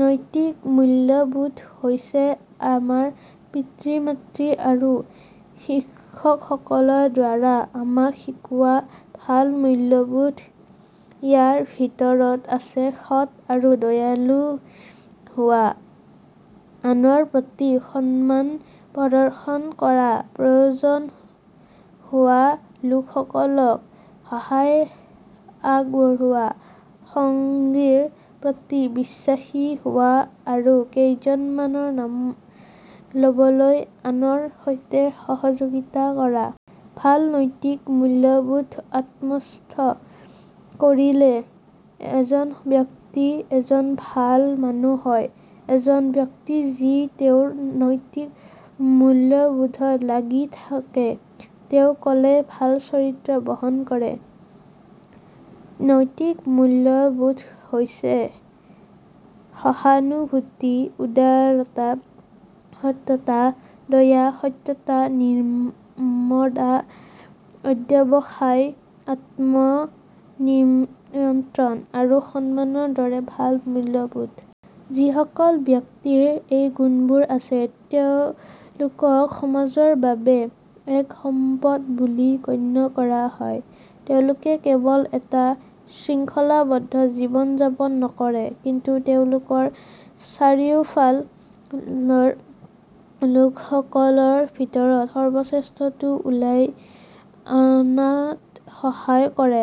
নৈতিক মূল্যবোধ হৈছে আমাৰ পিতৃ-মাতৃ আৰু শিক্ষকসকলৰ দ্বাৰা আমাক শিকোৱা ভাল মূল্যবোধ। ইয়াৰ ভিতৰত আছে সৎ আৰু দয়ালু হোৱা, আনৰ প্ৰতি সন্মান প্ৰদৰ্শন কৰা, প্ৰয়োজনহোৱা লোকসকলক সহায় আগবঢ়োৱা, সঙ্গীৰ প্ৰতি বিশ্বাসী হোৱা আৰু কেইজনমানৰ নাম ল'বলৈ আনৰ সৈতে সহযোগিতা কৰা। ভাল নৈতিক মূল্যবোধক আত্মস্থ কৰিলে এজন ব্যক্তি এজন ভাল মানুহ হয়। এজন ব্যক্তি যি তেওঁৰ নৈতিক মূল্যবোধত লাগি থাকে তেওঁ ক'লে ভাল চৰিত্ৰ বহন কৰে। নৈতিক মূল্যবোধ হৈছে সহানুভূতি, উদাৰতা, সততা, দয়া, সততা, নম্ৰতা, অধ্যৱসায়, আত্ম নিয়ন্ত্ৰণ আৰু সন্মানৰ দৰে ভাল মূল্যবোধ। যিসকল ব্যক্তিৰ এই গুণবোৰ আছে তেওঁলোকক সমাজৰ বাবে এক সম্পদ বুলি গণ্য কৰা হয়। তেওঁলোকে কেৱল এটা শৃংখলাবদ্ধ জীৱন যাপন নকৰে কিন্তু তেওঁলোকৰ চাৰিওফালৰ লোকসকলৰ ভিতৰত সৰ্বশ্ৰেষ্ঠটো উলিয়াই অনাত সহায় কৰে।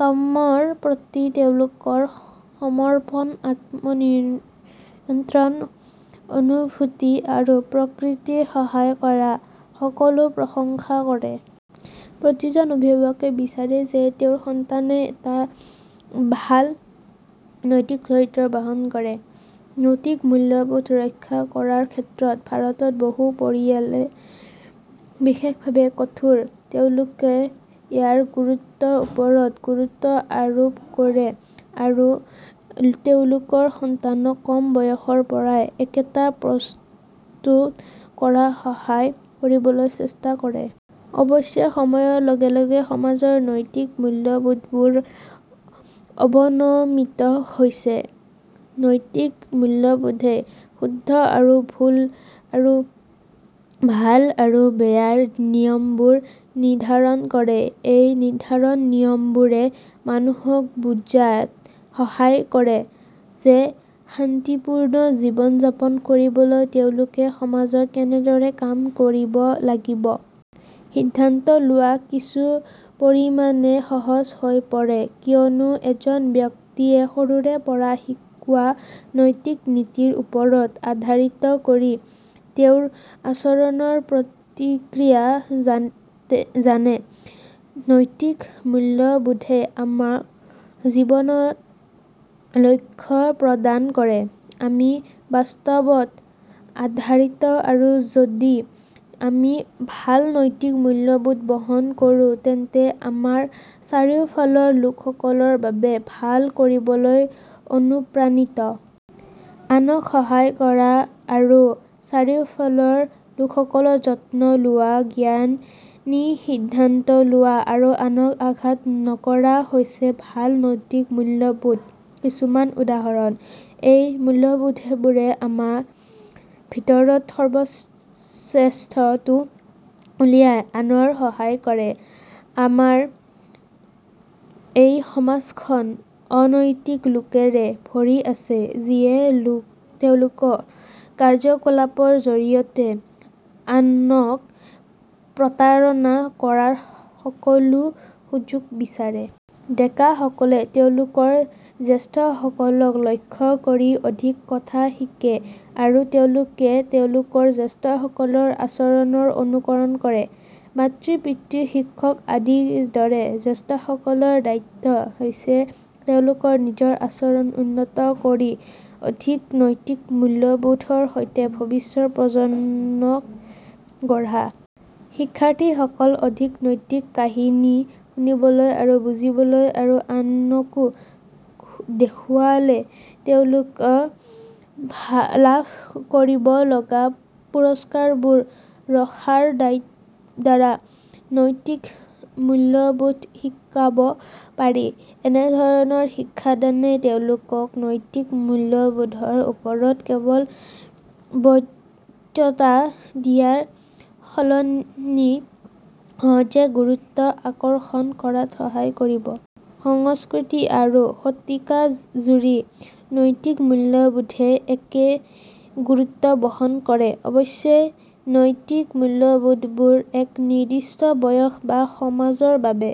কামৰ প্ৰতি তেওঁলোকৰ সমৰ্পণ, আত্ম নিয়ন্ত্ৰণৰ অনুভূতি আৰু প্ৰকৃতিক সহায় কৰা সকলোৱে প্ৰশংসা কৰে। প্ৰতিজন অভিভাৱকে বিচাৰে যে তেওঁৰ সন্তানে এটা ভাল নৈতিক চৰিত্ৰ বহন কৰক। নৈতিক মূল্যবোধ ৰক্ষা কৰাৰ ক্ষেত্ৰত ভাৰতৰ বহুতো পৰিয়াল বিশেষভাৱে কঠোৰ। তেওঁলোকে ইয়াৰ গুৰুত্বৰ ওপৰত গুৰুত্ব আৰোপ কৰে আৰু তেওঁলোকৰ সন্তানক কম বয়সৰ পৰাই একেটা প্ৰস্তুত কৰাত সহায় কৰিবলৈ চেষ্টা কৰে। অৱশ্যে, সময়ৰ লগে লগে সমাজৰ নৈতিক মূল্যবোধবোৰ অৱনমিত হৈছে। নৈতিক মূল্যবোধে শুদ্ধ আৰু ভুল আৰু ভাল আৰু বেয়াৰ নিয়মবোৰ নিৰ্ধাৰণ কৰে। এই নিৰ্ধাৰিত নিয়মবোৰে মানুহক বুজাত সহায় কৰে যে শান্তিপূৰ্ণ জীৱন যাপন কৰিবলৈ তেওঁলোকে সমাজত কেনেদৰে কাম কৰিব লাগিব। সিদ্ধান্ত লোৱা কিছু পৰিমাণে সহজ হৈ পৰে কিয়নো এজন ব্যক্তিয়ে সৰুৰে পৰা শিকোৱা নৈতিক নীতিৰ ওপৰত আধাৰিত কৰি তেওঁৰ আচৰণৰ প্ৰতিক্ৰিয়া জানে। নৈতিক মূল্যবোধে আমাক জীৱনৰ লক্ষ্য প্ৰদান কৰে। আমি বাস্তৱত আধাৰিত আৰু যদি আমি ভাল নৈতিক মূল্যবোধ বহন কৰোঁ তেন্তে আমাৰ চাৰিওফালৰ লোকসকলৰ বাবে ভাল কৰিবলৈ অনুপ্ৰাণিত। আনক সহায় কৰা, আমাৰ চাৰিওফালৰ লোকসকলৰ যত্ন লোৱা, জ্ঞানী সিদ্ধান্ত লোৱা আৰু আনক আঘাত নকৰা হৈছে ভাল নৈতিক মূল্যবোধৰ কিছুমান উদাহৰণ। এই মূল্যবোধবোৰে আমাৰ ভিতৰত সৰ্বশ্ৰেষ্ঠটো উলিয়াই অনাত সহায় কৰে। আমাৰ এই সমাজখন অনৈতিক লোকৰে ভৰি আছে যিয়ে তেওঁলোকৰ কাৰ্য্যকলাপৰ জৰিয়তে আনক প্ৰতাৰণা কৰাৰ সকলো সুযোগ বিচাৰে। ডেকা সকলে তেওঁলোকৰ জ্যেষ্ঠসকলক লক্ষ্য কৰি অধিক কথা শিকে আৰু তেওঁলোকে তেওঁলোকৰ জ্যেষ্ঠসকলৰ আচৰণৰ অনুকৰণ কৰে। পিতৃ-মাতৃ, শিক্ষক আদিৰ দৰে জ্যেষ্ঠসকলৰ দায়িত্ব হৈছে তেওঁলোকৰ নিজৰ আচৰণ উন্নত কৰি অধিক নৈতিক মূল্যবোধৰ সৈতে ভৱিষ্যত প্ৰজন্ম গঢ়া। শিক্ষাৰ্থীসকলক অধিক নৈতিক কাহিনী শুনিবলৈ আৰু বুজিবলৈ আৰু আনকো দেখুৱালে তেওঁলোকে লাভ কৰিব লগা পুৰষ্কাৰবোৰ ৰখাৰ দ্বাৰা নৈতিক মূল্যবোধ শিকাব পাৰি। এনেধৰণৰ শিক্ষাদানে তেওঁলোকক নৈতিক মূল্যবোধৰ ওপৰত কেৱল বক্তৃতা দিয়াৰ সলনি সহজে গুৰুত্ব আকৰ্ষণ কৰাত সহায় কৰিব। সংস্কৃতি আৰু শতিকাজুৰি নৈতিক মূল্যবোধে একেই গুৰুত্ব বহন কৰে। অৱশ্যে, নৈতিক মূল্যবোধবোৰ এক নিৰ্দিষ্ট বয়স বা সমাজৰ বাবে